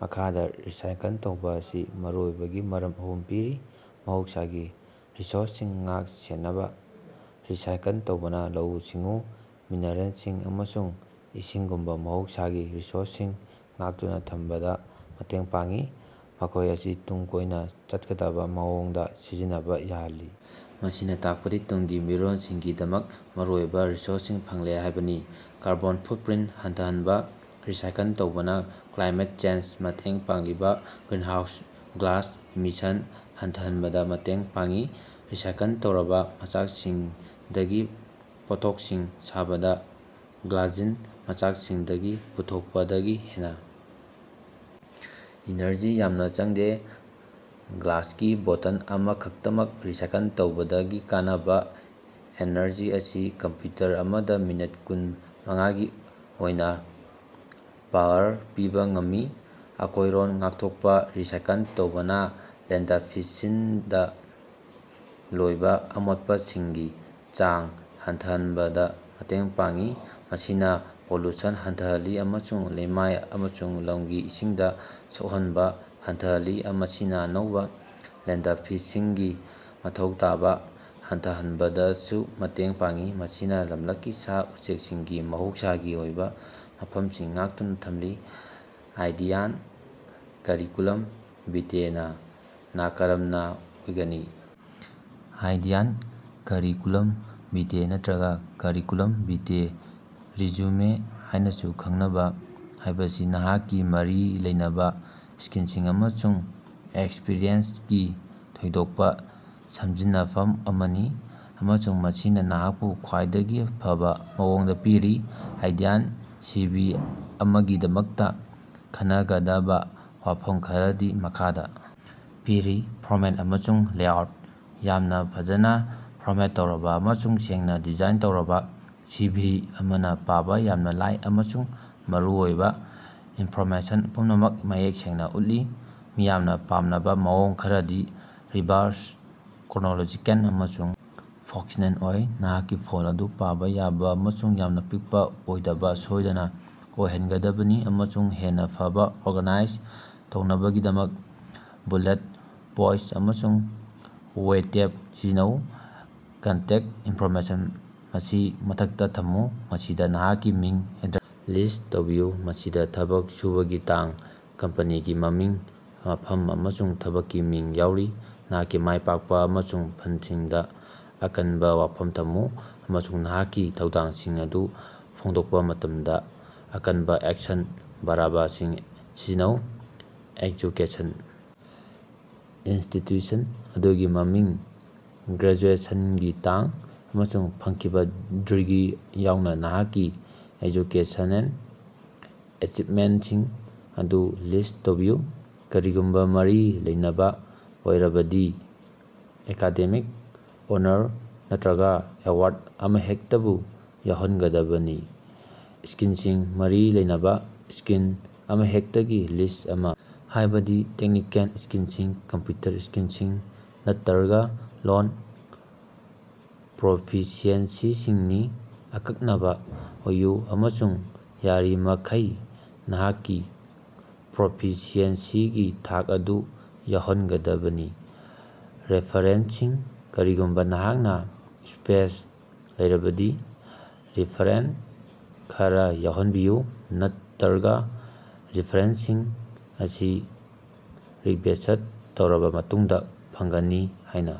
ꯃꯈꯥꯗ ꯔꯤꯁꯥꯏꯀꯜ ꯇꯧꯕꯥ ꯑꯁꯤ ꯃꯔꯨꯑꯣꯏꯕꯒꯤ ꯃꯔꯝ ꯑꯍꯨꯝ ꯄꯤꯔꯤ - ꯃꯍꯧꯁꯥꯒꯤ ꯔꯤꯁꯣꯔꯁꯁꯤꯡ ꯉꯥꯛ-ꯁꯦꯅꯕ - ꯔꯤꯁꯥꯏꯀꯜ ꯇꯧꯕꯅ ꯂꯧꯎ-ꯁꯤꯡꯎ, ꯃꯤꯅꯔꯦꯜꯁꯤꯡ, ꯑꯃꯁꯨꯡ ꯏꯁꯤꯡꯒꯨꯝꯕ ꯃꯍꯧꯁꯥꯒꯤ ꯔꯤꯁꯣꯔꯁꯁꯤꯡ ꯉꯥꯛꯇꯨꯅ ꯊꯝꯕꯗ ꯃꯇꯦꯡ ꯄꯥꯡꯏ, ꯃꯈꯣꯏ ꯑꯁꯤ ꯇꯨꯡ ꯀꯣꯏꯅ ꯆꯠꯀꯗꯕ ꯃꯑꯣꯡꯗ ꯁꯤꯖꯤꯟꯅꯕ ꯌꯥꯍꯜꯂꯤ꯫ ꯃꯁꯤꯅ ꯇꯥꯛꯄꯗꯤ ꯇꯨꯡꯒꯤ ꯃꯤꯔꯣꯜꯁꯤꯡꯒꯤꯗꯃꯛ ꯃꯔꯨꯑꯣꯏꯕ ꯔꯤꯁꯣꯔꯁꯁꯤꯡ ꯐꯪꯂꯦ ꯍꯥꯏꯕꯅꯤ꯫ ꯀꯥꯔꯕꯣꯟ ꯐꯨꯠꯄ꯭ꯔꯤꯟꯇ ꯍꯟꯊꯍꯟꯕ - ꯔꯤꯁꯥꯏꯀꯜ ꯇꯧꯕꯅ ꯀ꯭ꯂꯥꯏꯃꯦꯠ ꯆꯦꯟꯖꯗ ꯃꯇꯦꯡ ꯄꯥꯡꯂꯤꯕ ꯒ꯭ꯔꯤꯟꯍꯥꯎꯁ ꯒ꯭ꯌꯥꯁ ꯏꯃꯤꯁꯟ ꯍꯟꯊꯍꯟꯕꯗ ꯃꯇꯦꯡ ꯄꯥꯡꯏ꯫ ꯔꯤꯁꯥꯏꯀꯜ ꯇꯧꯔꯕ ꯃꯆꯥꯛꯁꯤꯡꯗꯒꯤ ꯄꯣꯠꯊꯣꯛꯁꯤꯡ ꯁꯥꯕꯗ ꯚꯥꯔꯖꯤꯟ ꯃꯆꯥꯛꯁꯤꯡꯗꯒꯤ ꯄꯨꯊꯣꯛꯄꯗꯒꯤ ꯍꯦꯟꯅ ꯏꯅꯔꯖꯤ ꯌꯥꯝꯅ ꯆꯪꯗꯦ꯫ ꯒ꯭ꯂꯥꯁꯀꯤ ꯕꯣꯇꯜ ꯑꯃꯈꯛꯇꯃꯛ ꯔꯤꯁꯥꯏꯀꯜ ꯇꯧꯕꯗꯒꯤ ꯀꯥꯟꯅꯕ ꯑꯦꯅꯔꯖꯤ ꯑꯁꯤ ꯀꯝꯄ꯭ꯌꯨꯇꯔ ꯑꯃꯗ ꯃꯤꯅꯠ ꯀꯨꯟ ꯃꯉꯥꯒꯤ ꯑꯣꯏꯅ ꯄꯥꯋꯔ ꯄꯤꯕ ꯉꯝꯃꯤ꯫ ꯑꯀꯣꯏꯔꯣꯟ ꯉꯥꯛꯊꯣꯛꯄ - ꯔꯤꯁꯥꯏꯀꯜ ꯇꯧꯕꯅ ꯂꯦꯟꯗꯐꯤꯜꯁꯤꯡꯗ ꯂꯣꯏꯕ ꯑꯃꯣꯠꯄꯁꯤꯡꯒꯤ ꯆꯥꯡ ꯍꯟꯊꯍꯟꯕꯗ ꯃꯇꯦꯡ ꯄꯥꯡꯏ, ꯃꯁꯤꯅ ꯄꯣꯂꯨꯁꯟ ꯍꯟꯊꯍꯜꯂꯤ ꯑꯃꯁꯨꯡ ꯂꯩꯃꯥꯏ ꯑꯃꯁꯨꯡ ꯂꯝꯒꯤ ꯏꯁꯤꯡꯗ ꯁꯣꯛꯍꯟꯕ ꯍꯟꯊꯍꯜꯂꯤ꯫ ꯃꯁꯤꯅ ꯑꯅꯧꯕ ꯂꯦꯟꯗꯐꯤꯜꯁꯤꯡꯒꯤ ꯃꯊꯧ ꯇꯥꯕ ꯍꯟꯊꯍꯟꯕꯗꯁꯨ ꯃꯇꯦꯡ ꯄꯥꯡꯏ, ꯃꯁꯤꯅ ꯂꯝꯂꯛꯀꯤ ꯁꯥ-ꯎꯆꯦꯛꯁꯤꯡꯒꯤ ꯃꯍꯧꯁꯥꯒꯤ ꯑꯣꯏꯕ ꯃꯐꯝꯁꯤꯡ ꯉꯥꯛꯇꯨꯅ ꯊꯝꯂꯤ꯫ ꯑꯥꯏꯗꯤꯌꯥꯜ ꯀꯔꯤꯀꯨꯂꯝ ꯚꯤꯇꯦ ꯅꯥ ꯅꯀꯔꯝꯅ ꯑꯣꯏꯒꯅꯤ? ꯑꯥꯏꯗꯤꯌꯥꯜ ꯀꯔꯤꯀꯨꯂꯝ ꯚꯤꯇꯦ ꯅꯠꯇꯔꯒ ꯀꯔꯤꯀꯨꯂꯝ ꯚꯤꯇꯦ ꯔꯤꯖ꯭ꯌꯨꯃꯦ ꯍꯥꯏꯅꯁꯨ ꯈꯪꯅꯕ ꯍꯥꯏꯕꯁꯤ ꯅꯍꯥꯛꯀꯤ ꯃꯔꯤ ꯂꯩꯅꯕ ꯁ꯭ꯀꯤꯜꯁꯤꯡ ꯑꯃꯁꯨꯡ ꯑꯦꯛꯁꯄꯤꯔꯤꯑꯦꯟꯁꯀꯤ ꯊꯣꯏꯗꯣꯛꯄ ꯁꯝꯖꯤꯟꯅꯐꯝ ꯑꯃꯅꯤ ꯑꯃꯁꯨꯡ ꯃꯁꯤꯅ ꯅꯍꯥꯛꯄꯨ ꯈ꯭ꯋꯥꯏꯗꯒꯤ ꯐꯕꯥ ꯃꯑꯣꯡꯗ ꯄꯤꯔꯤ꯫ ꯑꯥꯏꯗꯤꯌꯥꯜ ꯁꯤꯚꯤ ꯑꯃꯒꯤꯗꯃꯛꯇ ꯈꯟꯅꯒꯗꯕ ꯋꯥꯐꯝ ꯈꯔꯗꯤ ꯃꯈꯥꯗ ꯄꯤꯔꯤ - ꯐꯣꯔꯃꯦꯠ ꯑꯃꯁꯨꯡ ꯂꯦꯑꯥꯎꯠ - ꯌꯥꯝꯅ ꯐꯖꯅ ꯐꯣꯔꯃꯦꯠ ꯇꯧꯔꯕ ꯑꯃꯁꯨꯡ ꯁꯦꯡꯅ ꯗꯤꯖꯥꯏꯟ ꯇꯧꯔꯕ ꯁꯤꯚꯤ ꯑꯃꯅ ꯄꯥꯕ ꯌꯥꯝꯅ ꯂꯥꯏ ꯑꯃꯁꯨꯡ ꯃꯔꯨꯑꯣꯏꯕ ꯏꯟꯐꯣꯔꯃꯦꯁꯟ ꯄꯨꯝꯅꯃꯛ ꯃꯌꯦꯛ ꯁꯦꯡꯅ ꯎꯠꯂꯤ꯫ ꯃꯤꯌꯥꯝꯅ ꯄꯥꯝꯅꯕ ꯃꯑꯣꯡ ꯈꯔꯗꯤ ꯔꯤꯚꯥꯔꯁ ꯀ꯭ꯔꯣꯅꯣꯂꯣꯖꯤꯀꯦꯜ ꯑꯃꯁꯨꯡ ꯐꯪꯛꯁ꯭ꯅꯦꯜ ꯑꯣꯏ꯫ ꯅꯍꯥꯛꯀꯤ ꯐꯣꯟꯇ ꯑꯗꯨ ꯄꯥꯕ ꯌꯥꯕ ꯑꯃꯁꯨꯡ ꯌꯥꯝꯅ ꯄꯤꯛꯄ ꯑꯣꯏꯗꯕ ꯁꯣꯏꯗꯅ ꯑꯣꯏꯍꯟꯒꯗꯕꯅꯤ, ꯑꯃꯁꯨꯡ ꯍꯦꯟꯅ ꯐꯕ ꯑꯣꯔꯒꯥꯅꯥꯏꯖ ꯇꯧꯅꯕꯒꯤꯗꯃꯛ ꯕꯨꯂꯦꯠ ꯄꯣꯏꯟꯇ ꯑꯃꯁꯨꯡ ꯋꯥꯏꯇꯦꯞ ꯁꯤꯖꯤꯟꯅꯧ꯫ ꯀꯟꯇꯦꯛꯇ ꯏꯟꯐꯣꯔꯃꯦꯁꯟ - ꯃꯁꯤ ꯃꯊꯛꯇ ꯊꯝꯃꯨ, ꯃꯁꯤꯗ ꯅꯍꯥꯛꯀꯤ ꯃꯤꯡ, ꯑꯦꯗ꯭ꯔꯦꯁ, ꯂꯤꯁ꯭ꯠ ꯇꯧꯕꯤꯌꯨ, ꯃꯁꯤꯗ ꯊꯕꯛ ꯁꯨꯕꯒꯤ ꯇꯥꯡ, ꯀꯝꯄꯅꯤꯒꯤ ꯃꯃꯤꯡ, ꯃꯐꯝ, ꯑꯃꯁꯨꯡ ꯊꯕꯛꯀꯤ ꯃꯤꯡ ꯌꯥꯎꯔꯤ꯫ ꯅꯍꯥꯛꯀꯤ ꯃꯥꯏ ꯄꯥꯛꯄ ꯑꯃꯁꯨꯡ ꯐꯜꯁꯤꯡꯗ‌ ꯑꯀꯟꯕ ꯋꯥꯐꯝ ꯊꯝꯃꯨ, ꯑꯃꯁꯨꯡ ꯅꯍꯥꯛꯀꯤ ꯊꯧꯗꯥꯡꯁꯤꯡ ꯑꯗꯨ ꯐꯣꯡꯗꯣꯛꯄ ꯃꯇꯝꯗ ꯑꯀꯟꯕ ꯑꯦꯛꯁꯟ ꯕꯔꯕꯁꯤꯡ ꯁꯤꯖꯤꯟꯅꯧ꯫ ꯑꯦꯖꯨꯀꯦꯁꯟ - ꯏꯟꯁꯇꯤꯇ꯭ꯌꯨꯁꯟ ꯑꯗꯨꯒꯤ ꯃꯃꯤꯡ, ꯒ꯭ꯔꯦꯖꯨꯑꯦꯁꯟꯒꯤ ꯇꯥꯡ, ꯑꯃꯁꯨꯡ ꯐꯪꯈꯤꯕ ꯗꯤꯒ꯭ꯔꯤ ꯌꯥꯎꯅ ꯅꯍꯥꯛꯀꯤ ꯑꯦꯖꯨꯀꯦꯁꯅꯦꯜ ꯑꯦꯆꯤꯚꯃꯦꯟꯇꯁꯤꯡ ꯑꯗꯨ ꯂꯤꯁ꯭ꯠ ꯇꯧꯕꯤꯌꯨ꯫ ꯀꯔꯤꯒꯨꯝꯕ ꯃꯔꯤ ꯂꯩꯅꯕ ꯑꯣꯏꯔꯕꯗꯤ, ꯑꯦꯀꯥꯗꯦꯃꯤꯛ ꯑꯣꯅꯔ ꯅꯠꯇꯔꯒ ꯑꯦꯋꯥꯔꯗ ꯑꯃꯍꯦꯛꯇꯕꯨ ꯌꯥꯎꯍꯟꯒꯗꯕꯅꯤ꯫ ꯁ꯭ꯀꯤꯜꯁꯤꯡ - ꯃꯔꯤ ꯂꯩꯅꯕ ꯁ꯭ꯀꯤꯜ ꯑꯃꯍꯦꯛꯇꯒꯤ ꯂꯤꯁ꯭ꯠ ꯑꯃ, ꯍꯥꯏꯕꯗꯤ ꯇꯦꯛꯅꯤꯀꯦꯜ ꯁ꯭ꯀꯤꯜꯁꯤꯡ, ꯀꯝꯄ꯭ꯌꯨꯇꯔ ꯁ꯭ꯀꯤꯜꯁꯤꯡ, ꯅꯠꯇꯔꯒ ꯂꯣꯜ ꯄ꯭ꯔꯣꯐꯤꯁꯤꯑꯦꯟꯁꯤꯁꯤꯡꯅꯤ꯫ ꯑꯀꯛꯅꯕ ꯑꯣꯏꯌꯨ ꯑꯃꯁꯨꯡ ꯌꯥꯔꯤꯕꯃꯈꯩ ꯅꯍꯥꯛꯀꯤ ꯄ꯭ꯔꯣꯐꯤꯁꯤꯑꯦꯟꯁꯤꯒꯤ ꯊꯥꯛ ꯑꯗꯨ ꯌꯥꯎꯍꯟꯒꯗꯕꯅꯤ꯫ ꯔꯦꯐꯥꯔꯦꯟꯁꯁꯤꯡ -ꯀꯔꯤꯒꯨꯝꯕ ꯅꯍꯥꯛꯅ ꯁ꯭ꯄꯦꯁ ꯂꯩꯔꯕꯗꯤ, ꯔꯦꯐꯥꯔꯦꯟꯁ ꯈꯔꯥ ꯌꯥꯎꯍꯟꯕꯤꯌꯨ, ꯅꯠꯇꯔꯒ ꯔꯤꯐꯔꯦꯟꯁꯁꯤꯡ ꯑꯁꯤ ꯔꯤꯛꯕꯦꯁ꯭ꯠ ꯇꯧꯔꯕ ꯃꯇꯨꯡꯗ ꯐꯪꯒꯅꯤ ꯍꯥꯏꯅ